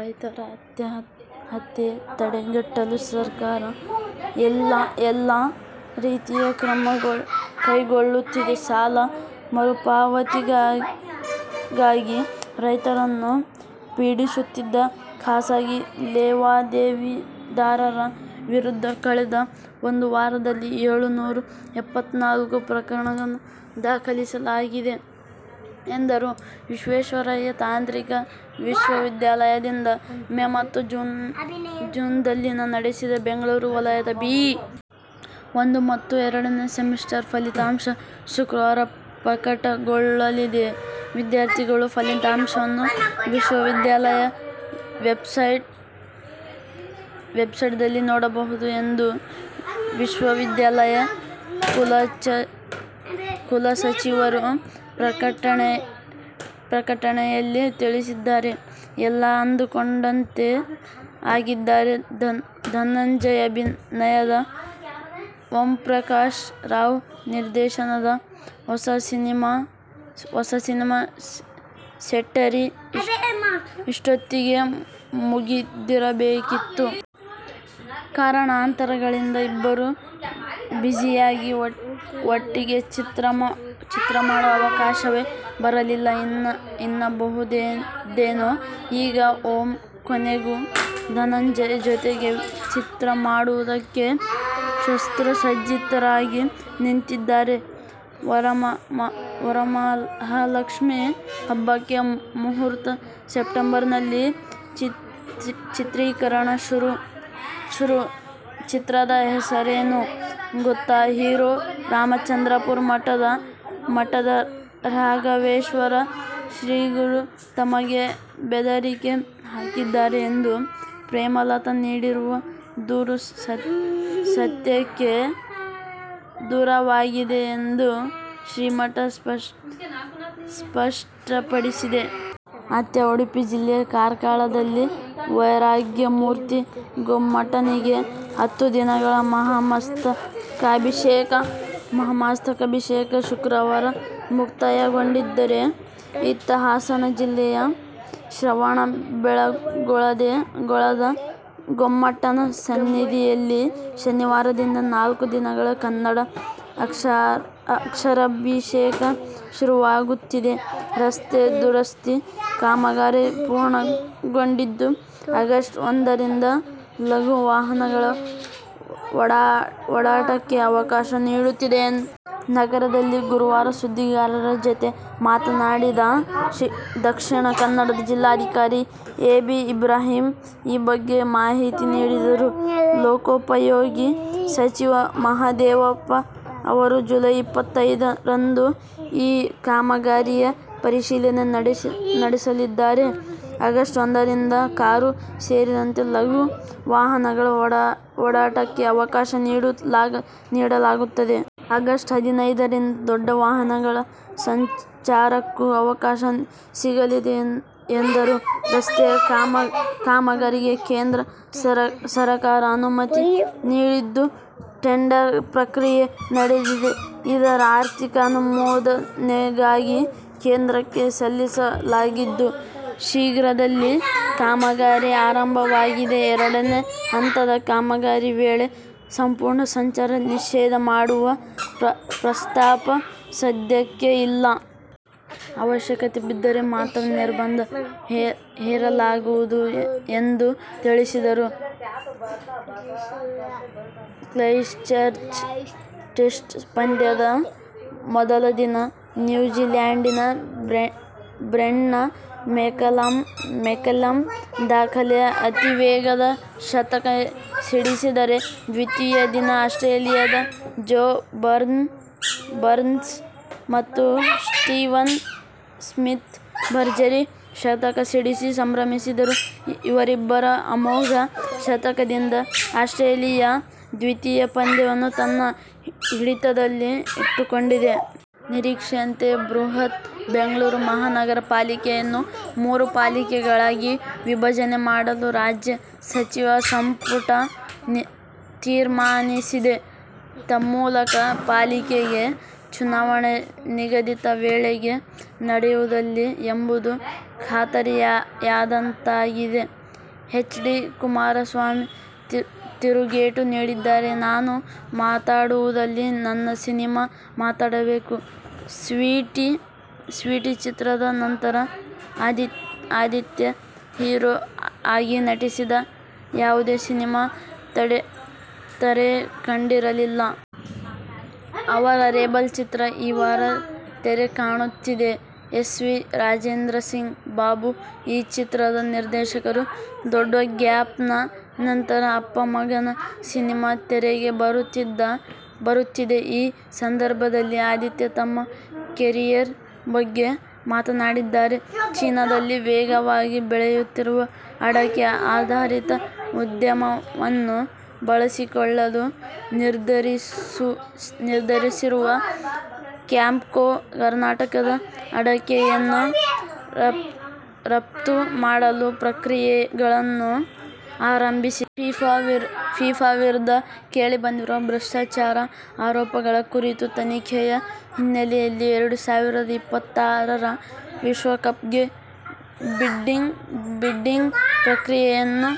ರೈತರ ಆತ್ಮಹತ್ಯೆ ತಡೆಗಟ್ಟಲು ಸರ್ಕಾರ ಎಲ್ಲಾ ರೀತಿಯ ಕ್ರಮ ಕೈಗೊಳ್ಳುತ್ತಿದೆ. ಸಾಲ ಮರುಪಾವತಿಗಾಗಿ ರೈತರನ್ನು ಪೀಡಿಸುತ್ತಿದ್ದ ಖಾಸಗಿ ಲೇವಾದೇವಿದಾರರ ವಿರುದ್ಧ ಕಳೆದ ಒಂದು ವಾರದಲ್ಲಿ ಏಳು ನೂರ ಎಪ್ಪತ್ನಾಲ್ಕು ಪ್ರಕರಣಗಳನ್ನು ದಾಖಲಿಸಲಾಗಿದೆ ಎಂದರು. ವಿಶ್ವೇಶ್ವರಯ್ಯ ತಾಂತ್ರಿಕ ವಿಶ್ವ ವಿದ್ಯಾಲಯದಿಂದ ಮೇ ಮತ್ತು ಜೂನ್ದಲ್ಲಿ ನಡೆಸಿದ ಬೆಂಗಳೂರು ವಲಯದ ಬಿ. ಒಂದು ಮತ್ತು ಎರಡನೇ ಸೆಮಿಸ್ಟರ್ ಫಲಿತಾಂಶ ಶುಕ್ರವಾರ ಪ್ರಕಟಗೊಳ್ಳಲಿದೆ. ವಿದ್ಯಾರ್ಥಿಗಳು ಫಲಿತಾಂಶವನ್ನು ವಿಶ್ವ ವಿದ್ಯಾಲಯ ವೆಬ್ಸೈಟ್ ದಲ್ಲಿ ನೋಡಬಹುದು ಎಂದು ವಿಶ್ವ ವಿದ್ಯಾಲಯ ಕುಲಸಚಿವರು ಪ್ರಕಟಣೆಯಲ್ಲಿ ತಿಳಿಸಿದ್ದಾರೆ. ಎಲ್ಲಾ ಅಂದುಕೊಂಡಂತೆ ಆಗಿದ್ದರೆ ಧನಂಜಯ್ ಅಭಿನಯದ, ಓಂಪ್ರಕಾಶ್ ರಾವ್ ನಿರ್ದೇಶನದ ಹೊಸ ಸಿನಿಮಾ ಸೆಟ್ಟೇರಿ ಇಷ್ಟೊತ್ತಿಗೆ ಮುಗಿದಿರಬೇಕಿತ್ತು. ಕಾರಣಾಂತರಗಳಿಂದ ಇಬ್ಬರೂ ಬಿಝಿಯಾಗಿ, ಒಟ್ಟಿಗೆ ಚಿತ್ರ ಮಾಡುವ ಅವಕಾಶವೇ ಬರಲಿಲ್ಲ ಎನ್ನಬಹುದೇನೋ. ಈಗ ಓಂ ಕೊನೆಗೂ ಧನಂಜಯ್ ಜೊತೆಗೆ ಚಿತ್ರ ಮಾಡುವುದಕ್ಕೆ ಶಸ್ತ್ರಸಜ್ಜಿತರಾಗಿ ನಿಂತಿದ್ದಾರೆ. ವರಮಹಾಲಕ್ಷ್ಮೀ ಹಬ್ಬಕ್ಕೆ ಮುಹೂರ್ತ. ಸೆಪ್ಟೆಂಬರ್ನಲ್ಲಿ ಚಿತ್ರೀಕರಣ ಶುರು. ಚಿತ್ರದ ಹೆಸರೇನು ಗೊತ್ತಾ ಹೀರೋ. ರಾಮಚಂದ್ರಾಪುರ ಮಠದ ರಾಘವೇಶ್ವರ ಶ್ರೀಗಳು ತಮಗೆ ಬೆದರಿಕೆ ಹಾಕಿದ್ದಾರೆ ಎಂದು ಪ್ರೇಮಲತಾ ನೀಡಿರುವ ದೂರು ಸತ್ಯಕ್ಕೆ ದೂರವಾಗಿದೆ ಎಂದು ಶ್ರೀಮಠ ಸ್ಪಷ್ಟಪಡಿಸಿದೆ. ಅತ್ತ ಉಡುಪಿ ಜಿಲ್ಲೆಯ ಕಾರ್ಕಳದಲ್ಲಿ ವೈರಾಗ್ಯಮೂರ್ತಿ ಗೊಮ್ಮಟನಿಗೆ ಹತ್ತು ದಿನಗಳ "ಮಹಾಮಸ್ತಕಾಭಿಷೇಕ' ಶುಕ್ರವಾರ ಮುಕ್ತಾಯಗೊಂಡಿದ್ದರೆ, ಇತ್ತ ಹಾಸನ ಜಿಲ್ಲೆಯ ಶ್ರವಣ ಬೆಳಗೊಳದ ಗೊಮ್ಮಟನ ಸನ್ನಿಧಿಯಲ್ಲಿ ಶನಿವಾರದಿಂದ ನಾಲ್ಕು ದಿನಗಳ "ಕನ್ನಡ ಅಕ್ಷರಾಭಿಷೇಕ' ಶುರುವಾಗುತ್ತಿದೆ. ರಸ್ತೆ ದುರಸ್ತಿ ಕಾಮಗಾರಿ ಪೂರ್ಣಗೊಂಡಿದ್ದು, ಆಗಸ್ಟ್ ಒಂದರಿಂದ ಲಘು ವಾಹನಗಳ ಓಡಾಟಕ್ಕೆ ಅವಕಾಶ ನೀಡಲಾಗುತ್ತದೆ. ನಗರದಲ್ಲಿ ಗುರುವಾರ ಸುದ್ದಿಗಾರರ ಜತೆ ಮಾತನಾಡಿದ ದಕ್ಷಿಣ ಕನ್ನಡ ಜಿಲ್ಲಾಧಿಕಾರಿ ಎ. ಬಿ. ಇಬ್ರಾಹಿಂ ಈ ಬಗ್ಗೆ ಮಾಹಿತಿ ನೀಡಿದರು. ಲೋಕೋಪಯೋಗಿ ಸಚಿವ ಮಹಾದೇವಪ್ಪ ಅವರು ಜುಲೈ. ಇಪ್ಪತ್ತೈದರಂದು ಈ ಕಾಮಗಾರಿಯ ಪರಿಶೀಲನೆ ನಡೆಸಲಿದ್ದಾರೆ. ಆಗಸ್ಟ್ ಒಂದರಿಂದ ಕಾರು ಸೇರಿದಂತೆ ಲಘು ವಾಹನಗಳ ಓಡಾಟಕ್ಕೆ ಅವಕಾಶ ನೀಡಲಾಗುತ್ತದೆ. ಆಗಸ್ಟ್ ಹದಿನೈದರಿಂದ ದೊಡ್ಡ ವಾಹನಗಳ ಸಂಚಾರಕ್ಕೂ ಅವಕಾಶ ಸಿಗಲಿದೆ ಎಂದರು. ರಸ್ತೆಯ ಕಾಮಗಾರಿಗೆ ಕೇಂದ್ರ ಸರಕಾರ ಅನುಮತಿ ನೀಡಿದ್ದು, ಟೆಂಡರ್ ಪ್ರಕ್ರಿಯೆ ನಡೆದಿದೆ. ಇದರ ಆರ್ಥಿಕ ಅನುಮೋದನೆಗಾಗಿ ಕೇಂದ್ರಕ್ಕೆ ಸಲ್ಲಿಸಲಾಗಿದ್ದು, ಶೀಘ್ರದಲ್ಲಿ ಕಾಮಗಾರಿ ಆರಂಭವಾಗಲಿದೆ. ಎರಡನೇ ಹಂತದ ಕಾಮಗಾರಿ ವೇಳೆ ಸಂಪೂರ್ಣ ಸಂಚಾರ ನಿಷೇಧ ಮಾಡುವ ಪ್ರಸ್ತಾಪ ಸದ್ಯಕ್ಕೆ ಇಲ್ಲ. ಅವಶ್ಯಕತೆ ಬಿದ್ದರೆ ಮಾತ್ರ ನಿರ್ಬಂಧ ಹೇರಲಾಗುವುದು ಎಂದು ತಿಳಿಸಿದರು. ಕ್ರೈಸ್ಟ್ಚರ್ಚ್ ಟೆಸ್ಟ್ ಪಂದ್ಯದ ಮೊದಲ ದಿನ ನ್ಯೂಜಿಲ್ಯಾಂಡಿನ ಬ್ರೆಂಡನ್ ಮೆಕಲಮ್ ದಾಖಲೆಯ ಅತೀವೇಗದ ಶತಕ ಸಿಡಿಸಿದರೆ ದ್ವಿತೀಯ ದಿನ ಆಸ್ಟ್ರೇಲಿಯದ ಜೋ ಬರ್ನ್ಸ್ ಮತ್ತು ಸ್ಟೀವನ್ ಸ್ಮಿತ್ ಭರ್ಜರಿ ಶತಕ ಸಿಡಿಸಿ ಸಂಭ್ರಮಿಸಿದರು. ಇವರಿಬ್ಬರ ಅಮೋಘ ಶತಕದಿಂದ ಆಸ್ಟ್ರೇಲಿಯ ದ್ವಿತೀಯ ಪಂದ್ಯವನ್ನು ತನ್ನ ಹಿಡಿತದಲ್ಲಿ ಇಟ್ಟುಕೊಂಡಿದೆ. ನಿರೀಕ್ಷೆಯಂತೆ ಬೃಹತ್ ಬೆಂಗಳೂರು ಮಹಾನಗರ ಪಾಲಿಕೆ ಯನ್ನು ಮೂರು ಪಾಲಿಕೆಗಳಾಗಿ ವಿಭಜನೆ ಮಾಡಲು ರಾಜ್ಯ ಸಚಿವ ಸಂಪುಟ ತೀರ್ಮಾನಿಸಿದೆ. ತನ್ಮೂಲಕ ಪಾಲಿಕೆಗೆ ಚುನಾವಣೆ ನಿಗದಿತ ವೇಳೆಗೆ ನಡೆಯುವುದಿಲ್ಲ ಎಂಬುದು ಖಾತರಿಯಾದಂತಾಗಿದೆ. ಹೆಚ್. ಡಿ. ಕುಮಾರಸ್ವಾಮಿ ತಿರುಗೇಟು ನೀಡಿದ್ದಾರೆ. ನಾನು ಮಾತಾಡುವುದಿಲ್ಲ, ನನ್ನ ಸಿನಿಮಾ ಮಾತಾಡಬೇಕು, "ಸ್ವೀಟಿ' ಚಿತ್ರದ ನಂತರ ಆದಿತ್ಯ ಹೀರೋ ಆಗಿ ನಟಿಸಿದ ಯಾವುದೇ ಸಿನಿಮಾ ತೆರೆಕಂಡಿರಲಿಲ್ಲ. ಅವರ "ರೆಬೆಲ್' ಚಿತ್ರ ಈ ವಾರ ತೆರೆ ಕಾಣುತ್ತಿದೆ. ಎಸ್. ವಿ. ರಾಜೆಂದ್ರಸಿಂಗ್ ಬಾಬು ಈ ಚಿತ್ರದ ನಿರ್ದೇಶಕರು. ದೊಡ್ಡ ಗ್ಯಾಪ್ನ ನಂತರ ಅಪ್ಪ-ಮಗನ ಸಿನಿಮಾ ತೆರೆಗೆ ಬರುತ್ತಿದೆ. ಈ ಸಂದರ್ಭದಲ್ಲಿ ಆದಿತ್ಯ ತಮ್ಮ ಕೆರಿಯರ್ ಬಗ್ಗೆ ಮಾತನಾಡಿದ್ದಾರೆ. ಚೀನಾದಲ್ಲಿ ವೇಗವಾಗಿ ಬೆಳೆಯುತ್ತಿರುವ ಅಡಕೆ ಆಧಾರಿತ ಉದ್ಯಮವನ್ನು ಬಳಸಿಕೊಳ್ಳಲು ನಿರ್ಧರಿಸಿರುವ ಕ್ಯಾಂಪ್ಕೋ, ಕರ್ನಾಟಕದ ಅಡಕೆಯನ್ನು ರಫ್ತು ಮಾಡಲು ಪ್ರಕ್ರಿಯೆಗಳನ್ನು ಆರಂಭಿಸಿದೆ. ಫಿಫಾ ವಿರುದ್ಧ ಕೇಳಿಬಂದಿರುವ ಭ್ರಷ್ಟಾಚಾರ ಆರೋಪಗಳ ಕುರಿತ ತನಿಖೆಯ ಹಿನ್ನೆಲೆಯಲ್ಲಿ ಎರಡು ಸಾವಿರದ ಇಪ್ಪತ್ತಾರರ ವಿಶ್ವಕಪ್ಗೆ ಬಿಡ್ಡಿಂಗ್ ಪ್ರಕ್ರಿಯೆಯನ್ನು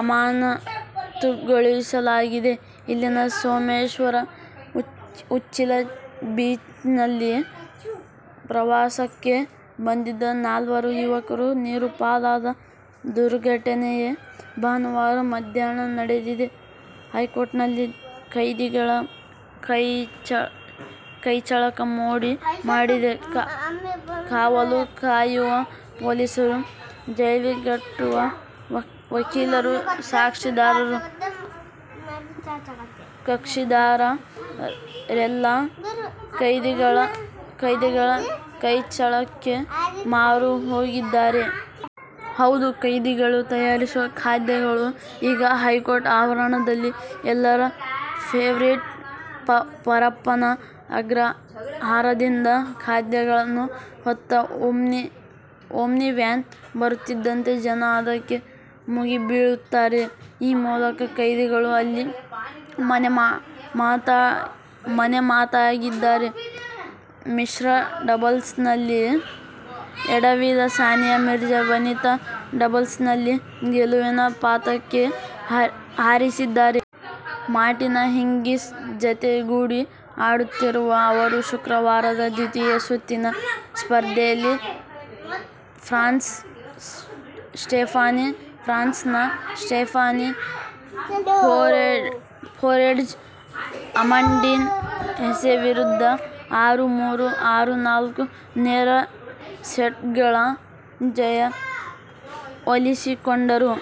ಅಮಾನತುಗೊಳಿಸಲಾಗಿದೆ. ಇಲ್ಲಿನ ಸೋಮೆಶ್ವರ-ಉಚ್ಚಿಲ ಬೀಚ್ನಲ್ಲಿ ಪ್ರಾವಸಕ್ಕೆ ಬಂದಿದ್ದ ನಾಲ್ವರು ಯುವಕರು ನೀರುಪಾಲದ ದುರ್ಘಟನೆ ಭಾನುವಾರ ಮಧ್ಯಾಹ್ನ ನಡೆದಿದೆ. ಹೈಕೋರ್ಟ್ನಲ್ಲಿ ಕೈದಿಗಳ ಕೈಚಳಕ ಮೋಡಿ ಮಾಡಿದೆ. ಕಾವಲು ಕಾಯುವ ಪೊಲೀಸರು, ಜೈಲಿಗಟ್ಟುವ ವಕೀಲರು, ಸಾಕ್ಷಿದಾರರು, ಕಕ್ಷಿದಾರ ರೆಲ್ಲಾ ಕೈದಿಗಳ ಕೈಚಳಕಕ್ಕೆ ಮಾರುಹೋಗಿದ್ದಾರೆ. ಹೌದು, ಕೈದಿಗಳು ತಯಾರಿಸುವ ಖಾದ್ಯಗಳು ಈಗ ಹೈಕೋರ್ಟ್ ಆವರಣದಲ್ಲಿ ಎಲ್ಲರ ಫೆವರಿಟ್'. ಪರಪ್ಪನ ಅಗ್ರಹಾರದಿಂದ ಖಾದ್ಯಗಳನ್ನು ಹೊತ್ತ ಓಮ್ನಿ ವ್ಯಾನ್ ಬರುತ್ತಿದ್ದಂತೆ ಜನ ಅದಕ್ಕೆ ಮುಗಿಬೀಳುತ್ತಾರೆ. ಈ ಮೂಲಕ ಕೈದಿಗಳು ಅಲ್ಲಿ ಮನೆಮಾತಾಗಿದ್ದಾರೆ. ಮಿಶ್ರ ಡಬಲ್ಸ್ನಲ್ಲಿ ಎಡವಿದ ಸಾನಿಯಾ ಮಿರ್ಜಾ ವನಿತಾ ಡಬಲ್ಸ್ನಲ್ಲಿ ಗೆಲುವಿನ ಪತಾಕೆ ಹಾರಿಸಿದ್ದಾರೆ. ಮಾರ್ಟಿನಾ ಹಿಂಗಿಸ್ ಜತೆಗೂಡಿ ಆಡುತ್ತಿರುವ ಅವರು ಶುಕ್ರವಾರದ ದ್ವಿತೀಯ ಸುತ್ತಿನ ಸ್ಪರ್ಧೆಯಲ್ಲಿ ಫ್ರಾನ್ಸ್ನ ಸ್ಟೆಫಾನಿ ಫೊರೆಟ್ಜ್-ಅಮಂಡೀನ್ ಹೆಸ್ ವಿರುದ್ಧ ಆರು-ಮೂರು, ಆರು-ನಾಲ್ಕು ನೇರ ಸೆಟ್ಗಳ ಜಯ ಒಲಿಸಿಕೊಂಡರು.